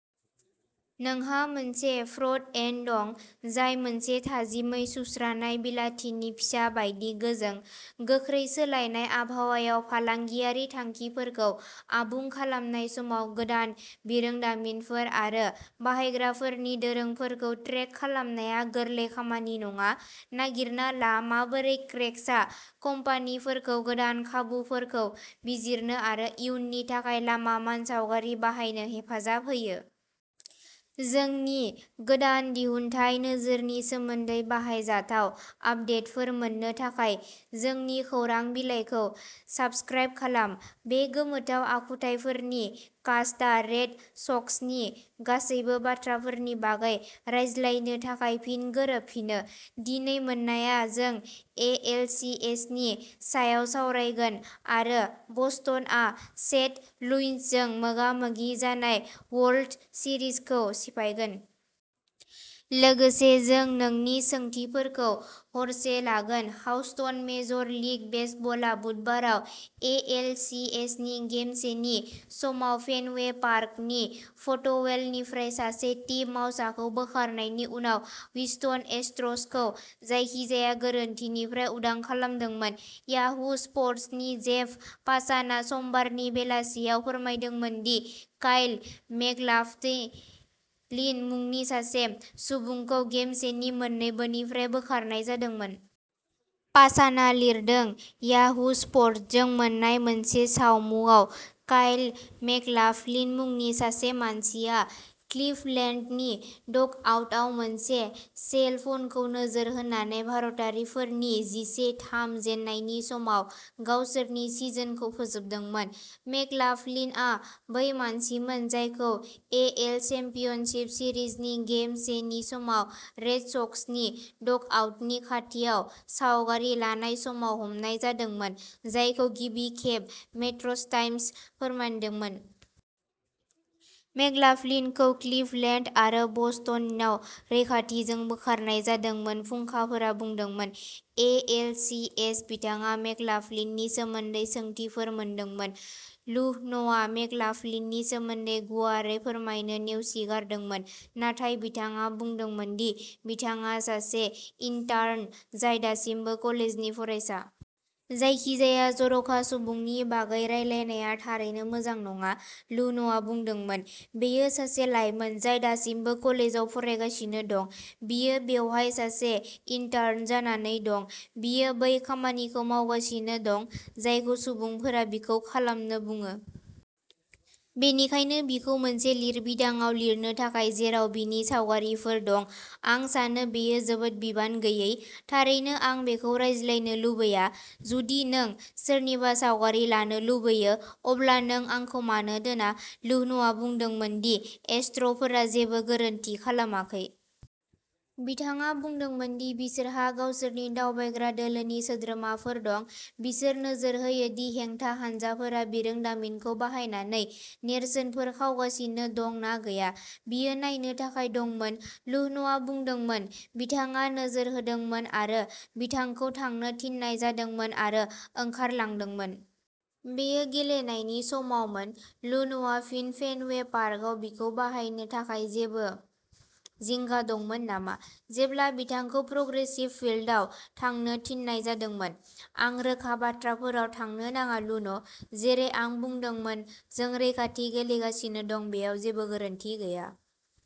नोंहा मोनसे front end दं जाय मोनसे थाजिमै सुस्रानाय बिलाथिनि फिसा बायदि गोजों। गोख्रै सोलायनाय आबहावायाव फालांगियारि थांखिफोरखौ आबुं खालामनाय समाव गोदान बिरोंदामिनफोर आरो बाहायग्राफोरनि दोरोंफोरखौ ट्रेक खालामनाया गोरलै खामानि नङा। नागिरना ला माबोरै क्रेक्सआ कम्पानिफोरखौ गोदान खाबुफोरखौ बिजिरनो आरो इयुननि थाखाय लामा मानसावगारि बानायनो हेफाजाब होयो। जोंनि गोदान दिहुनथाइ नोजोरनि सोमोन्दै बाहायजाथाव आपदेटफोर मोन्नो थाखाय जोंनि खौरां बिलाइखौ साबस्क्राइब खालाम। बे गोमोथाव आखुथाइफोरनि कास्टआ रेड सक्सनि गासैबो बाथ्राफोरनि बागै रायज्लायनो थाखाय फिन गोरोबफिनो। दिनै मोनायाव जों एएलसीएसनि सायाव सावरायगोन आरो बस्टनआ सेन्ट लुइसजों मोगा मोगि जानाय वर्ल्ड सिरिजखौ सिफायगोन। लोगोसे जों नोंनि सोंथिफोरखौ हरसे लागोन हाउस्टन मेजर लीग बेसबलआ बुधबाराव एएलसीएसनि गेम से नि समाव फेनवे पार्कनि फट'वेलनिफ्राय सासे टीम मावसाखौ बोखारनायनि उनाव ह्यूस्टन एस्ट्र'सखौ जायखिजाया गोरोन्थिनिफ्राय उदां खालामदोंमोन। याहू स्पर्टसनि जेफ पासानआ समबारनि बेलासियाव फोरमायदोंमोन दि काइल मेकलाफलिन मुंनि सासे सुबुंखौ गेम से नि मोन्नैबोनिफ्राय बोखारनाय जादोंमोन। पासानआ लिरदों याहू स्प'र्ट्सजों मोन्नाय मोनसे सावमुआव काइल मेकलाफलिन मुंनि सासे मानसिया क्लिभलेन्डनि डगआउटआव मोनसे सेल फनखौ नोजोर होनानै भारतारिफोरनि जिसे/थाम जेननायनि समाव गावसोरनि सिजनखौ फोजोबदोंमोन। मेकलाफलिनआ बै मानसिमोन जायखौ एएल चेम्पियनशिप सिरिजनि गेम से नि समाव रेड सक्सनि डगआउटनि खाथियाव सावगारि लानाय समाव हमनाय जादोंमोन, जायखौ गिबि खेब मेट्र'टाइम्सआ फोरमायदोंमोन। मेकलाफलिनखौ क्लिभलेन्ड आरो बस्टनआव रैखाथिजों बोखारनाय जादोंमोन फुंखाफोरा बुंदोंमोन। ए. एल. सी. एस. बिथाङा मेकलाफलिननि सोमोन्दै सोंथिफोर मोनदोंमोन। लुहन'आ मेकलाफलिननि सोमोन्दै गुवारै फोरमायनो नेवसिगारदोंमोन नाथाय बिथाङा बुंदोंमोन दि बिथाङा सासे इन्टार्न जाय दासिमबो कलेजनि फरायसा। "जायखिजाया जर'खा सुबुंनि बागै रायलायनाया थारैनो मोजां नङा", लुहन'आ बुंदोंमोन। "बेयो सासे लाइमोन जाय दासिमबो कलेजाव फरायगासिनो दं। बियो बेवहाय सासे इन्टार्न जानानै दं। बियो बै खामानिखौ मावगासिनो दं जायखौ सुबुंफोरा बिखौ खालामनो बुङो। बेनिखायनो बिखौ मोनसे लिरबिदांआव लिरनो थाखाय जेराव बिनि सावगारिफोर दं, आं सानो बेयो जोबोद बिबान गैयै। थारैनो, आं बेखौ रायज्लायनो लुबैया। जुदि नों सोरनिबा सावगारि लानो लुबैयो, अब्ला नों आंखौ मानो दोना। लुह्न'आ बुंदोंमोन दि एस्ट्र'फोरा जेबो गोरोन्थि खालामाखै। बिथाङा बुंदोंमोन दि बिसोरहा गावसोरनि दावबायग्रा दोलोनि सोद्रोमाफोर दं, बिसोर नोजोर होयो दि हेंथा हानजाफोरा बिरोंदामिनखौ बाहायनानै नेरसोनफोर खावगासिनो दं ना गैया। बियो नायनो थाखाय दंमोन लुह्न'आ बुंदोंमोन। बिथाङा नोजोर होदोंमोन आरो बिथांखौ थांनो थिननाय जादोंमोन आरो ओंखारलांदोंमोन। बेयो गेलेनायनि समावमोन लुह्न'आ फिन फेनवे पार्कआव बिखौ बाहायनो थाखाय जेबो जिंगा दंमोन नामा, जेब्ला बिथांखौ प्रग्रेसिव फील्डआव थांनो थिननाय जादोंमोन? आं रोखा बाथ्राफोराव थांनो नाङा लुह्न'। जेरै आं बुंदोंमोन जों रैखाथि गेलेगासिनो दं बेयाव जेबो गोरोन्थि गैया।